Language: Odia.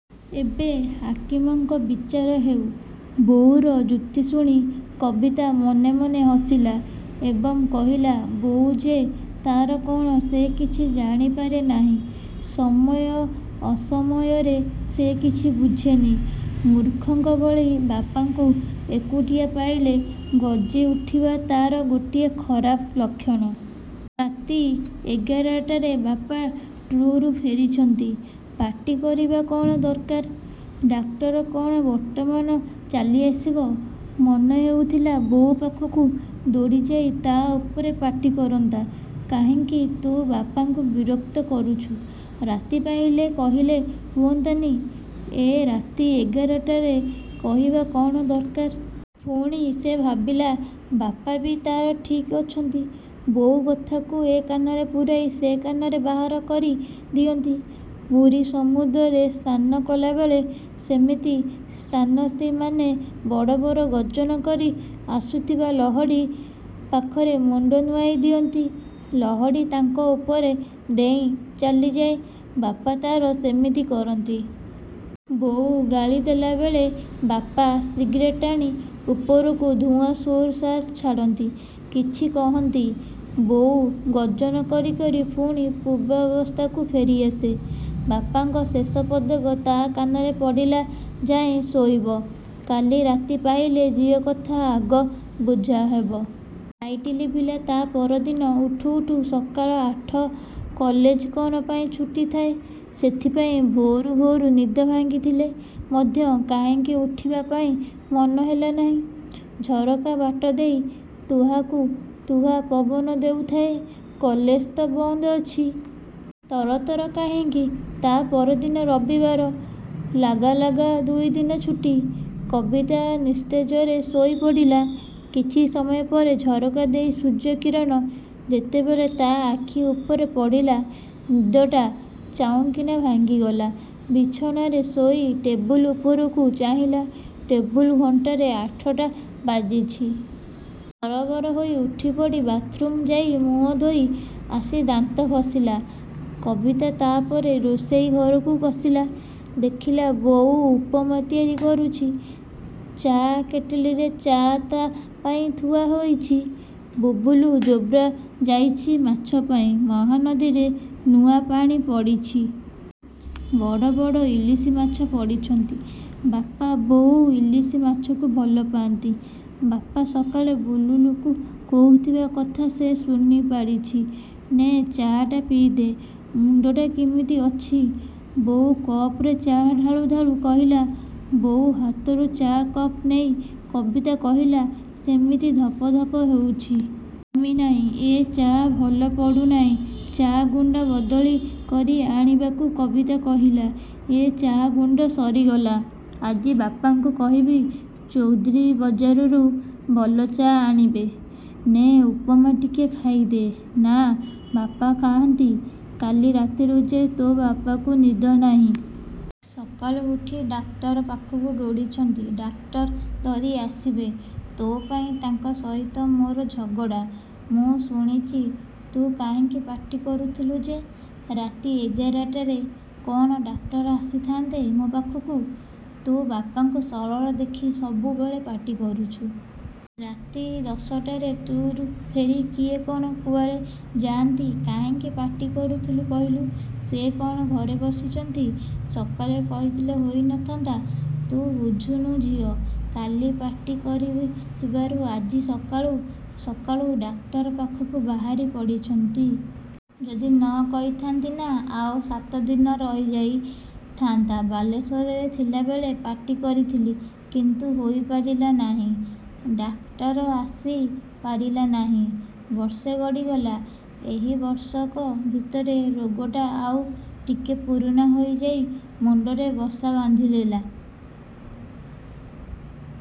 ଏବେ ହାକିମଙ୍କ ବିଚାର ହେଉ। ବୋଉର ଯୁକ୍ତିଶୁଣି କବିତା ମନେ ମନେ ହସିଲା, ଏବଂ କହିଲା ବୋଉ ଯେ ତା'ର କ'ଣ ସେ କିଛି ଜାଣିପାରେ ନାହିଁ। ସମୟ ଅସମୟରେ ସେ କିଛି ବୁଝେନି। ମୂର୍ଖଙ୍କ ଭଳି ବାପାଙ୍କୁ ଏକୁଟିଆ ପାଇଲେ ଗର୍ଜ୍ଜିଉଠିବା ତା'ର ଗୋଟିଏ ଖରାପ ଲକ୍ଷଣ। ରାତି ଏଗାରଟାରେ ବାପା ଟୁର୍ରୁ ଫେରିଛନ୍ତି। ପାଟି କରିବା କ'ଣ ଦରକାର? ଡାକ୍ତର କ'ଣ ବର୍ତ୍ତମାନ ଚାଲିଆସିବ। ମନ ହେଉଥିଲା ବୋଉ ପାଖକୁ ଦୌଡ଼ିଯାଇ ତା' ଉପରେ ପାଟିକରନ୍ତା, କାହିଁକି ତୁ ବାପାଙ୍କୁ ବିରକ୍ତ କରୁଛୁ? ରାତି ପାହିଲେ କହିଲେ ହୁଅନ୍ତା ନି? ଏ ରାତି ଏଗାରଟାରେ କହିବା କ'ଣ ଦରକାର। ପୁଣି ସେ ଭାବିଲା, ବାପା ବି ତା'ର ଠିକ୍ ଅଛନ୍ତି। ବୋଉ କଥାକୁ ଏ କାନରେ ପୂରାଇ ସେ କାନରେ ବାହାର କରି ଦିଅନ୍ତି। ପୁରୀ ସମୁଦ୍ରରେ ସ୍ନାନ କଲାବେଳେ ସେମିତି ସ୍ନାନାର୍ଥୀମାନେ ବଡ଼ ବଡ଼ ଗର୍ଜ୍ଜନ କରି ଆସୁଥିବା ଲହଡ଼ି ପାଖରେ ମୁଣ୍ଡ ନୁଆଁଇ ଦିଅନ୍ତି, ଲହଡ଼ି ତାଙ୍କ ଉପରେ ଦେଇ ଚାଲିଯାଏ ବାପା ତା'ର ସେମିତି କରନ୍ତି। ବୋଉ ଗାଳିଦେଲା ବେଳେ ବାପା ସିଗାରେଟ୍ ଟାଣି ଉପରକୁ ଧୂଆଁ ସୁର୍ ସାର୍ ଛାଡ଼ନ୍ତି। କିଛି କହନ୍ତି। ବୋଉ ଗର୍ଜ୍ଜନ କରି କରି ପୁଣି ପୂର୍ବାବସ୍ଥାକୁ ଫେରି ଆସେ। ବାପାଙ୍କ ଶେଷପଦକ ତା' କାନରେ ପଡ଼ିଲା, ଯାଅ ଶୋଇବ। କାଲି ରାତି ପାହିଲେ ଝିଅକଥା ଆଗ ବୁଝାହେବ। ଲାଇଟି ଲିଭିଲା। ତା' ପରଦିନ ଉଠୁ ଉଠୁ ସକାଳ ଆଠ। କଲେଜ କ'ଣ ପାଇଁ ଛୁଟି ଥାଏ। ସେଥିପାଇଁ ଭୋରୁ ଭୋରୁ ନିଦ ଭାଙ୍ଗିଥିଲେ ମଧ୍ୟ କାହିଁକି ଉଠିବା ପାଇଁ ମନ ହେଲା ନାହିଁ। ଝରକା ବାଟଦେଇ ତୁହାକୁ ତୁହା ପବନ ଦେଉଥାଏ। କଲେଜ ତ ବନ୍ଦ ଅଛି। ତର ତର କାହିଁକି? ତା' ପରଦିନ ରବିବାର ଲାଗ ଲାଗ ଦୁଇଦିନ ଛୁଟି। କବିତା ନିସ୍ତେଜରେ ଶୋଇପଡ଼ିଲା। କିଛି ସମୟ ପରେ ଝରକା ଦେଇ ସୂର୍ଯ୍ୟକିରଣ ଯେତେବେଳେ ତା' ଆଖି ଉପରେ ପଡ଼ିଲା। ନିଦଟା ଚାଉଁକିନା ଭାଙ୍ଗିଗଲା। ବିଛଣାରେ ଶୋଇ ଟେବୁଲ୍ ଉପରକୁ ଚାହିଁଲା ଟେବୁଲ୍ ଘଣ୍ଟାରେ ଆଠଟା ବାଜିଛି। ତରବର ହୋଇ ଉଠିପଡ଼ି ବାଥ୍ରୁମ୍କୁ ଯାଇଁ ମୁହଁ ଧୋଇ ଆସି ଦାନ୍ତ ଘଷିଲା କବିତା। ତା' ପରେ ରୋଷେଇ ଘରକୁ ପଶିଲା। ଦେଖିଲା ବୋଉ ଉପମା ତିଆରି କରୁଛି। ଚା'କେଟିଲରେ ଚା' ତା' ପାଇଁ ଥୁଆ ହୋଇଛି। ବୁବୁଲୁ ଯୋବ୍ରା ଯାଇଛି ମାଛ ପାଇଁ, ମହାନଦୀରେ ନୂଆ ପାଣି ପଡ଼ିଛି। ବଡ଼ ବଡ଼ ଇଲିଶି ମାଛ ପଡ଼ିଛନ୍ତି। ବାପା, ବୋଉ ଇଲିଶି ମାଛକୁ ଭଲ ପାଆନ୍ତି। ବାପା ସକାଳେ ବୁବୁଲୁକୁ କହୁଥିବା କଥା ସେ ଶୁଣି ପାରିଛି। ନେ ଚା'ଟା ପିଇଦେ। ମୁଣ୍ଡଟା କିମିତି ଅଛି? ବୋଉ କପରେ ଚା' ଢାଳୁ ଢାଳୁ କହିଲା। ବୋଉ ହାତରୁ ଚା' କପ୍ ନେଇ କବିତା କହିଲା ସେମିତି ଧପ ଧପ ହେଉଛି। କମିନାହିଁ। ଏ ଚା' ଭଲ ପଡ଼ୁନାହିଁ, ଚା' ଗୁଣ୍ଡ ବଦଳି କରି ଆଣିବାକୁ କବିତା କହିଲା। ଏ ଚା' ଗୁଣ୍ଡ ସରିଗଲା। ଆଜି ବାପାଙ୍କୁ କହିବି ଚୌଧୁରୀବଜାରରୁ ଭଲ ଚା' ଆଣିବେ। ନେ ଉପମା ଟିକେ ଖାଇଦେ। ନାଁ, ବାପା କାହାନ୍ତି? କାଲି ରାତିରୁ ଯେ ତୋ' ବାପାକୁ ନିଦ ନାହିଁ। ସକାଳୁ ଉଠି ଡାକ୍ତର ପାଖକୁ ଦୌଡ଼ିଛନ୍ତି। ଡାକ୍ତର ଧରି ଆସିବେ। ତୋ' ପାଇଁ ତାଙ୍କ ସହିତ ମୋର ଝଗଡ଼ା। ମୁଁ ଶୁଣିଛି। ତୁ କାହିଁକି ପାଟି କରୁଥିଲୁ ଯେ। ରାତି ଏଗାରଟାରେ କ'ଣ ଡାକ୍ତର ଆସିଥାନ୍ତେ ମୋ ପାଖକୁ। ତୁ ବାପାଙ୍କୁ ସରଳ ଦେଖି ସବୁବେଳେ ପାଟି କରୁଛୁ। ରାତି ଦଶଟାରେ ଟୁର୍ରୁ ଫେରି କିଏ କ'ଣ କୁଆଡ଼େ ଯାଆନ୍ତି। କାହିଁକି ପାଟି କରୁଥିଲୁ କହିଲୁ। ସେ କ'ଣ ଘରେ ବସିଛନ୍ତି। ସକାଳେ କହିଥିଲେ ହୋଇ ନ ଥା'ନ୍ତା? ତୁ ବୁଝିନୁ ଝିଅ। କାଲି ପାଟି କରିଥିବାରୁ ଆଜି ସକାଳୁ ସକାଳୁ ଡାକ୍ତର ପାଖକୁ ବାହାରି ପଡ଼ିଛନ୍ତି। ଯଦି ନ କହିଥା'ନ୍ତି ନା; ଆଉ ସାତ ଦିନ ରହିଯାଇ ଥା'ନ୍ତା। ବାଲେଶ୍ୱରରେ ଥିଲାବେଳେ ପାଟି କରିଥିଲି। କିନ୍ତୁ ହୋଇପାରିଲା ନାହିଁ। ଡାକ୍ତର ଆସି ପାରିଲା ନାହିଁ ବର୍ଷେ ଗଡ଼ିଗଲା। ଏହି ବର୍ଷକ ଭିତରେ ରୋଗଟା ଆଉ ଟିକେ ପୁରୁଣା ହୋଇଯାଇ ମୁଣ୍ଡରେ ବସା ବାନ୍ଧିଦେଲା।